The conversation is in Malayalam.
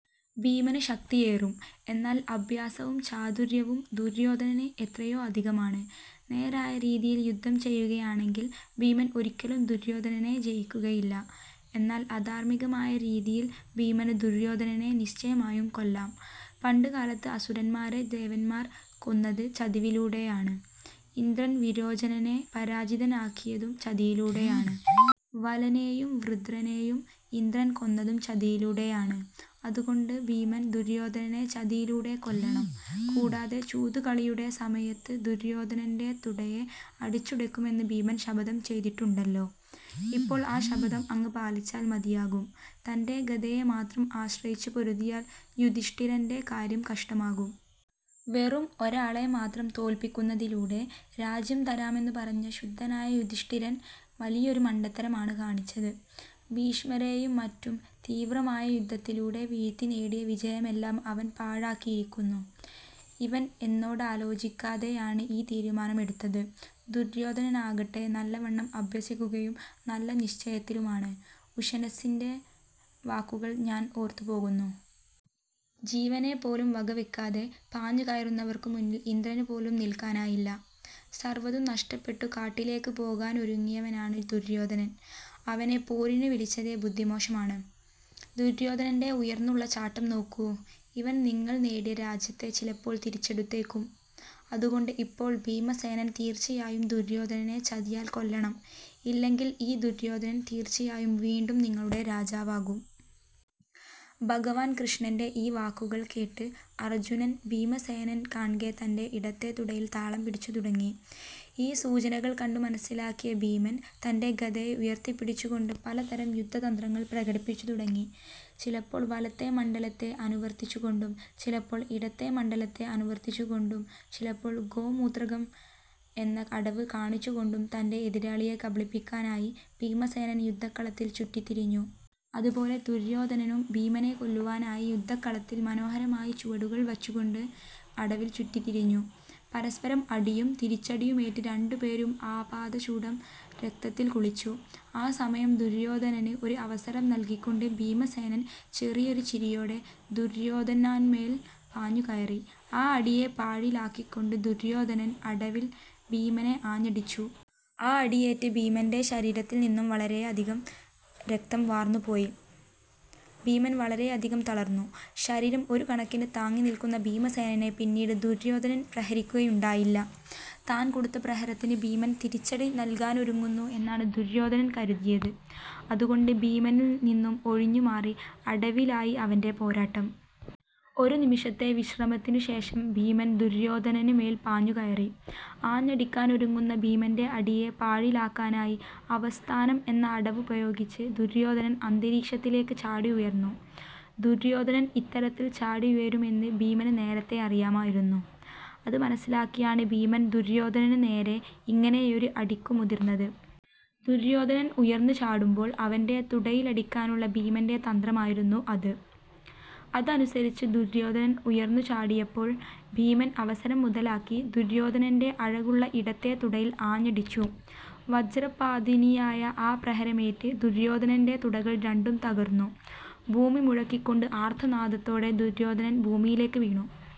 ഭീമന് ശക്തിയേറും. എന്നാൽ അഭ്യാസവും ചാതുര്യവും ദുര്യോധനന് എത്രയോ അധികമാണ്. നേരായ രീതിയിൽ യുദ്ധം ചെയ്യുകയാണെങ്കിൽ ഭീമൻ ഒരിക്കലും ദുര്യോധനനെ ജയിക്കുകയില്ല. എന്നാൽ അധാർമ്മികമായ രീതിയിൽ ഭീമന് ദുര്യോധനനെ നിശ്ചയമായും കൊല്ലാം. പണ്ട് കാലത്തു അസുരന്മാരെ ദേവന്മാർ കൊന്നത് ചതിവിലൂടെയാണ്. ഇന്ദ്രൻ വിരോചനനെ പരാജിതനാക്കിയതും ചതിയിലൂടെയാണ്. വലനെയും വൃത്രനേയും ഇന്ദ്രൻ കൊന്നതും ചതിയിലൂടെയാണ്. അതുകൊണ്ടു ഭീമൻ ദുര്യോധനനെ ചതിയിലൂടെ കൊല്ലണം. കൂടാതെ ചൂതുകളിയുടെ സമയത്തു ദുര്യോധനന്റെ തുടയെ അടിച്ചുടയ്ക്കുമെന്നു ഭീമൻ ശപഥം ചെയ്തിട്ടുണ്ടല്ലോ. ഇപ്പോൾ ആ ശപഥം അങ്ങ് പാലിച്ചാൽ മതിയാകും. തന്റെ ഗദയെ മാത്രം ആശ്രയിച്ചു പൊരുതിയാൽ യുധിഷ്ഠിരന്റെ കാര്യം കഷ്ടമാകും. വെറും ഒരാളെ മാത്രം തോല്പിക്കുന്നതിലൂടെ രാജ്യം തരാമെന്നു പറഞ്ഞ ശുദ്ധനായ യുധിഷ്ഠിരൻ വലിയൊരു മണ്ടത്തരമാണ് കാണിച്ചത്. ഭീഷ്മരെയും മറ്റും തീവ്രമായ യുദ്ധത്തിലൂടെ വീഴ്ത്തി നേടിയ വിജയമെല്ലാം അവൻ പാഴാക്കിയിരിക്കുന്നു. ഇവൻ എന്നോടാലോചിക്കാതെയാണ് ഈ തീരുമാനമെടുത്തത്. ദുര്യോധനനാകട്ടെ നല്ലവണ്ണം അഭ്യസിക്കുകയും നല്ല നിശ്ചയത്തിലുമാണ്. ഉഷനസ്സിന്റെ വാക്കുകൾ ഞാൻ ഓർത്തുപോകുന്നു. ജീവനെപ്പോലും വകവയ്ക്കാതെ പാഞ്ഞു കയറുന്നവർക്കുമുന്നിൽ ഇന്ദ്രനുപോലും നിൽക്കാനാകില്ല. സർവ്വതും നഷ്ടപ്പെട്ടു കാട്ടിലേക്ക് പോകാനൊരുങ്ങിയവനാണ് ദുര്യോധനൻ. അവനെ പോരിന് വിളിച്ചതേ ബുദ്ധിമോശമാണ്. ദുര്യോധനന്റെ ഉയർന്നുള്ള ചാട്ടം നോക്കൂ. ഇവൻ നിങ്ങൾ നേടിയ രാജ്യത്തെ ചിലപ്പോൾ തിരിച്ചെടുത്തേക്കും. അതുകൊണ്ടു ഇപ്പോൾ ഭീമസേനൻ തീർച്ചയായും ദുര്യോധനനെ ചതിയാൽ കൊല്ലണം. ഇല്ലെങ്കിൽ ഈ ദുര്യോധനൻ തീർച്ചയായും വീണ്ടും നിങ്ങളുടെ രാജാവാകും. " ഭഗവാൻ കൃഷ്ണന്റെ ഈ വാക്കുകൾ കേട്ട് അർജ്ജുനൻ ഭീമസേനൻ കാണ്കെ തന്റെ ഇടത്തെ തുടയിൽ താളം പിടിച്ചു തുടങ്ങി. ഈ സൂചന കണ്ടു മനസ്സിലാക്കിയ ഭീമൻ തന്റെ ഗദയെ ഉയർത്തിപ്പിടിച്ചുകൊണ്ടു പലതരം യുദ്ധതന്ത്രങ്ങൾ പ്രകടിപ്പിച്ചു തുടങ്ങി. ചിലപ്പോൾ വലത്തെ മണ്ഡലത്തെ അനുവർത്തിച്ചുകൊണ്ടും ചിലപ്പോൾ ഇടത്തെ മണ്ഡലത്തെ അനുവർത്തിച്ചുകൊണ്ടും ചിലപ്പോൾ ഗോമൂത്രകം എന്ന അടവ് കാണിച്ചുകൊണ്ടും തന്റെ എതിരാളിയെ കബളിപ്പിക്കാനായി ഭീമസേനൻ യുദ്ധക്കളത്തിൽ ചുറ്റിത്തിരിഞ്ഞു. അതുപോലെ ദുര്യോധനനും ഭീമനെ കൊല്ലുവാനായി യുദ്ധക്കളത്തിൽ മനോഹരമായി ചുവടുകൾ വച്ചുകൊണ്ടു അടവിൽ ചുറ്റിത്തിരിഞ്ഞു. പരസ്പരം അടിയും തിരിച്ചടിയുമേറ്റു രണ്ടുപേരും ആപാദചൂഡം രക്തത്തിൽ കുളിച്ചു. ആ സമയം ദുര്യോധനന് ഒരു അവസരം നല്കിക്കൊണ്ട് ഭീമസേനൻ ചെറിയൊരു ചിരിയോടെ ദുര്യോധനാനുമേൽ പാഞ്ഞു കയറി. ആ അടിയെ പാഴിലാക്കിക്കൊണ്ടു ദുര്യോധനൻ അടവിൽ ഭീമനെ ആഞ്ഞടിച്ചു. ആ അടിയേറ്റ് ഭീമന്റെ ശരീരത്തിൽ നിന്നും വളരെയധികം രക്തം വാർന്നു പോയി. ഭീമൻ വളരെയധികം തളർന്നു. ശരീരം ഒരു കണക്കിന് താങ്ങി നിൽക്കുന്ന ഭീമസേനനെ പിന്നീട് ദുര്യോധനൻ പ്രഹരിക്കുകയുണ്ടായില്ല. താൻ കൊടുത്ത പ്രഹരത്തിനു ഭീമൻ തിരിച്ചടി നൽകാനൊരുങ്ങുന്നു എന്നാണു ദുര്യോധനൻ കരുതിയത്. അതുകൊണ്ടു ഭീമനിൽ നിന്നും ഒഴിഞ്ഞു മാറി അടവിലായി അവന്റെ പോരാട്ടം. ഒരു നിമിഷത്തെ വിശ്രമത്തിനു ശേഷം ഭീമൻ ദുര്യോധനന് മേൽ പാഞ്ഞു കയറി. ആഞ്ഞടിക്കാനൊരുങ്ങുന്ന ഭീമന്റെ അടിയെ പാഴിലാക്കാനായി അവസ്ഥാനം എന്ന അടവുപയോഗിച്ചു ദുര്യോധനൻ അന്തരീക്ഷത്തിലേക്ക് ചാടിയുയർന്നു. ദുര്യോധനൻ ഇത്തരത്തിൽ ചാടിയുയരുമെന്നു ഭീമന് നേരത്തെ അറിയാമായിരുന്നു. അത് മനസ്സിലാക്കിയാണ് ഭീമൻ ദുര്യോധനന് നേരെ ഇങ്ങനെയൊരു അടിക്കു മുതിർന്നത്. ദുര്യോധനൻ ഉയർന്നു ചാടുമ്പോൾ അവന്റെ തുടയിലടിക്കാനുള്ള ഭീമന്റെ തന്ത്രമായിരുന്നു അത്. അതനുസരിച്ചു ദുര്യോധനൻ ഉയർന്നു ചാടിയപ്പോൾ ഭീമൻ അവസരം മുതലാക്കി ദുര്യോധനന്റെ അഴകുള്ള ഇടത്തെ തുടയിൽ ആഞ്ഞടിച്ചു. വജ്രപാതിനിയായ ആ പ്രഹരമേറ്റു ദുര്യോധനന്റെ തുടകൾ രണ്ടും തകർന്നു. ഭൂമി മുഴക്കിക്കൊണ്ട് ആർത്തനാദത്തോടെ ദുര്യോധനൻ ഭൂമിയിലേക്ക് വീണു.